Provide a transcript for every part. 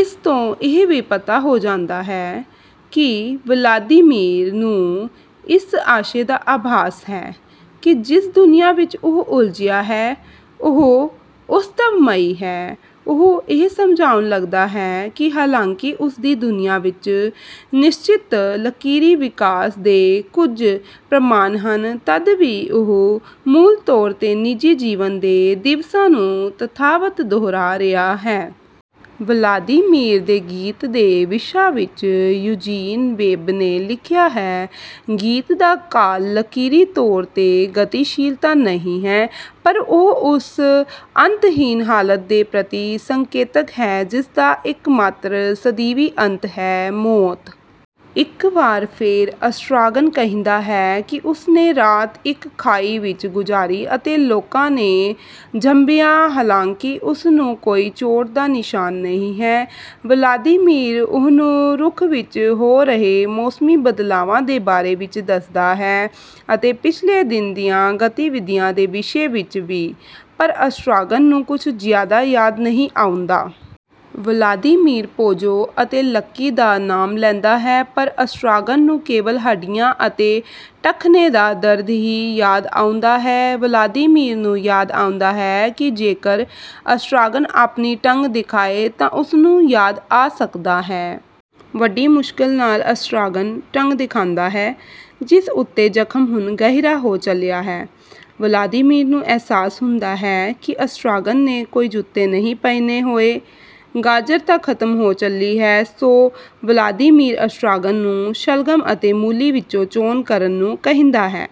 ਇਸਤੋਂ ਇਹ ਵੀ ਪਤਾ ਹੋ ਜਾਂਦਾ ਹੈ ਕਿ ਵਲਾਦੀਮੀਰ ਨੂੰ ਇਸ ਆਸ਼ੇ ਦਾ ਆਭਾਸ ਹੈ ਕਿ ਜਿਸ ਦੁਨੀਆਂ ਵਿੱਚ ਉਹ ਉਲਝਿਆ ਹੈ, ਉਹ ਉਤਸਵਮਈ ਹੈ। ਉਹ ਇਹ ਸਮਝਾਉਣ ਲੱਗਦਾ ਹੈ ਕਿ ਹਾਲਾਂਕਿ ਉਸਦੀ ਦੁਨੀਆਂ ਵਿੱਚ ਨਿਸ਼ਚਿਤ ਲਕੀਰੀ ਵਿਕਾਸ ਦੇ ਕੁੱਝ ਪ੍ਰਮਾਣ ਹਨ ਤਦ ਵੀ ਉਹ ਮੂਲ ਤੌਰ ਤੇ ਨਿਜੀ ਜੀਵਨ ਦੇ ਦਿਵਸਾਂ ਨੂੰ ਤਥਾਵਤ ਦੋਹਰਾ ਰਿਹਾ ਹੈ। ਵਲਾਦੀਮੀਰ ਦੇ ਗੀਤ ਦੇ ਵਿਸ਼ਾ ਵਿੱਚ ਯੂਜੀਨ ਵੇਬ ਨੇ ਲਿਖਿਆ ਹੈ: ਗੀਤ ਦਾ ਕਾਲ ਲਕੀਰੀ ਤੌਰ ਤੇ ਗਤੀਸ਼ੀਲ ਤਾਂ ਨਹੀਂ ਹੈ, ਪਰ ਉਹ ਉਸ ਅੰਤਹੀਨ ਹਾਲਤ ਦੇ ਪ੍ਰਤੀ ਸੰਕੇਤਕ ਹੈ ਜਿਸਦਾ ਇੱਕਮਾਤਰ ਸਦੀਵੀ ਅੰਤ ਹੈ: ਮੌਤ। ਇੱਕ ਵਾਰ ਫੇਰ ਅਸਟਰਾਗਨ ਕਹਿੰਦਾ ਹੈ ਕਿ ਉਸਨੇ ਰਾਤ ਇੱਕ ਖਾਈ ਵਿੱਚ ਗੁਜ਼ਾਰੀ ਅਤੇ ਲੋਕਾਂ ਨੇ ਝੰਬਿਆ ਹਾਲਾਂਕਿ ਉਸਨੂੰ ਕੋਈ ਚੋਟ ਦਾ ਨਿਸ਼ਾਨ ਨਹੀਂ ਹੈ। ਵਲਾਦੀਮੀਰ ਉਹਨੂੰ ਰੁੱਖ ਵਿੱਚ ਹੋ ਰਹੇ ਮੌਸਮੀ ਬਦਲਾਵਾਂ ਦੇ ਬਾਰੇ ਵਿੱਚ ਦੱਸਦਾ ਹੈ ਅਤੇ ਪਿਛਲੇ ਦਿਨ ਦੀਆਂ ਗਤੀਵਿਧੀਆਂ ਦੇ ਵਿਸ਼ੇ ਵਿੱਚ ਵੀ, ਪਰ ਅਸਟਰਾਗਨ ਨੂੰ ਕੁੱਝ ਜਿਆਦਾ ਯਾਦ ਨਹੀਂ ਆਉਂਦਾ। ਵਲਾਦੀਮੀਰ ਪੋਜੋ ਅਤੇ ਲੱਕੀ ਦਾ ਨਾਮ ਲੈਂਦਾ ਹੈ ਪਰ ਅਸਟਰਾਗਨ ਨੂੰ ਕੇਵਲ ਹੱਡੀਆਂ ਅਤੇ ਟਖਨੇ ਦਾ ਦਰਦ ਹੀ ਯਾਦ ਆਉਂਦਾ ਹੈ। ਵਲਾਦੀਮੀਰ ਨੂੰ ਯਾਦ ਆਉਂਦਾ ਹੈ ਕਿ ਜੇਕਰ ਅਸਟਰਾਗਨ ਆਪਣੀ ਟੰਗ ਦਿਖਾਏ ਤਾਂ ਉਸਨੂੰ ਯਾਦ ਆ ਸਕਦਾ ਹੈ। ਵੱਡੀ ਮੁਸ਼ਕਲ ਨਾਲ ਅਸਟਰਾਗਨ ਟੰਗ ਦਿਖਾਂਦਾ ਹੈ ਜਿਸ ਉੱਤੇ ਜਖਮ ਹੁਣ ਗਹਿਰਾ ਹੋ ਚਲਿਆ ਹੈ। ਵਲਾਦੀਮੀਰ ਨੂੰ ਅਹਿਸਾਸ ਹੁੰਦਾ ਹੈ ਕਿ ਅਸਟਰਾਗਨ ਨੇ ਕੋਈ ਜੁੱਤੇ ਨਹੀਂ ਪਹਿਨੇ ਹੋਏ। ਗਾਜਰ ਤਾਂ ਖ਼ਤਮ ਹੋ ਚੱਲੀ ਹੈ ਸੋ ਵਲਾਦੀਮੀਰ ਅਸਟਰਾਗਨ ਨੂੰ ਸ਼ਲਗਮ ਅਤੇ ਮੂਲੀ ਵਿੱਚੋਂ ਚੋਣ ਕਰਨ ਨੂੰ ਕਹਿੰਦਾ ਹੈ।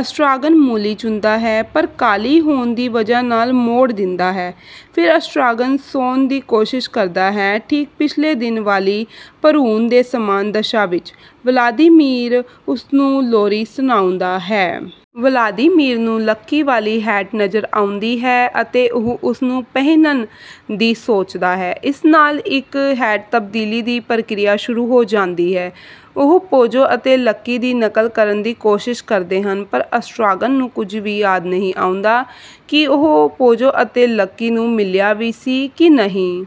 ਅਸਟਰਾਗਨ ਮੂਲੀ ਚੁਣਦਾ ਹੈ ਪਰ ਕਾਲੀ ਹੋਣ ਦੀ ਵਜ੍ਹਾ ਨਾਲ ਮੋੜ ਦਿੰਦਾ ਹੈ। ਫਿਰ ਅਸਟਰਾਗਨ ਸੌਣ ਦੀ ਕੋਸ਼ਿਸ਼ ਕਰਦਾ ਹੈ ਠੀਕ ਪਿਛਲੇ ਦਿਨ ਵਾਲੀ ਭਰੂਣ ਦੇ ਸਮਾਨ ਦਸ਼ਾ ਵਿੱਚ। ਵਲਾਦੀਮੀਰ ਉਸਨੂੰ ਲੋਰੀ ਸੁਣਾਉਂਦਾ ਹੈ। ਵਲਾਦੀਮੀਰ ਨੂੰ ਲੱਕੀ ਵਾਲੀ ਹੈਟ ਨਜ਼ਰ ਆਉਂਦੀ ਹੈ ਅਤੇ ਉਹ ਉਸਨੂੰ ਪਹਿਨਣ ਦੀ ਸੋਚਦਾ ਹੈ। ਇਸ ਨਾਲ ਇੱਕ ਹੈਟ ਤਬਦੀਲੀ ਦੀ ਪ੍ਰਕਿਰਿਆ ਸ਼ੁਰੂ ਹੋ ਜਾਂਦੀ ਹੈ। ਉਹ ਪੋਜੋ ਅਤੇ ਲੱਕੀ ਦੀ ਨਕਲ ਕਰਨ ਦੀ ਕੋਸ਼ਿਸ਼ ਕਰਦੇ ਹਨ, ਪਰ ਅਸਟਰਾਗਨ ਨੂੰ ਕੁੱਝ ਵੀ ਯਾਦ ਨਹੀਂ ਆਉਂਦਾ ਕਿ ਉਹ ਪੋਜੋ ਅਤੇ ਲੱਕੀ ਨੂੰ ਮਿਲਿਆ ਵੀ ਸੀ ਕਿ ਨਹੀਂ।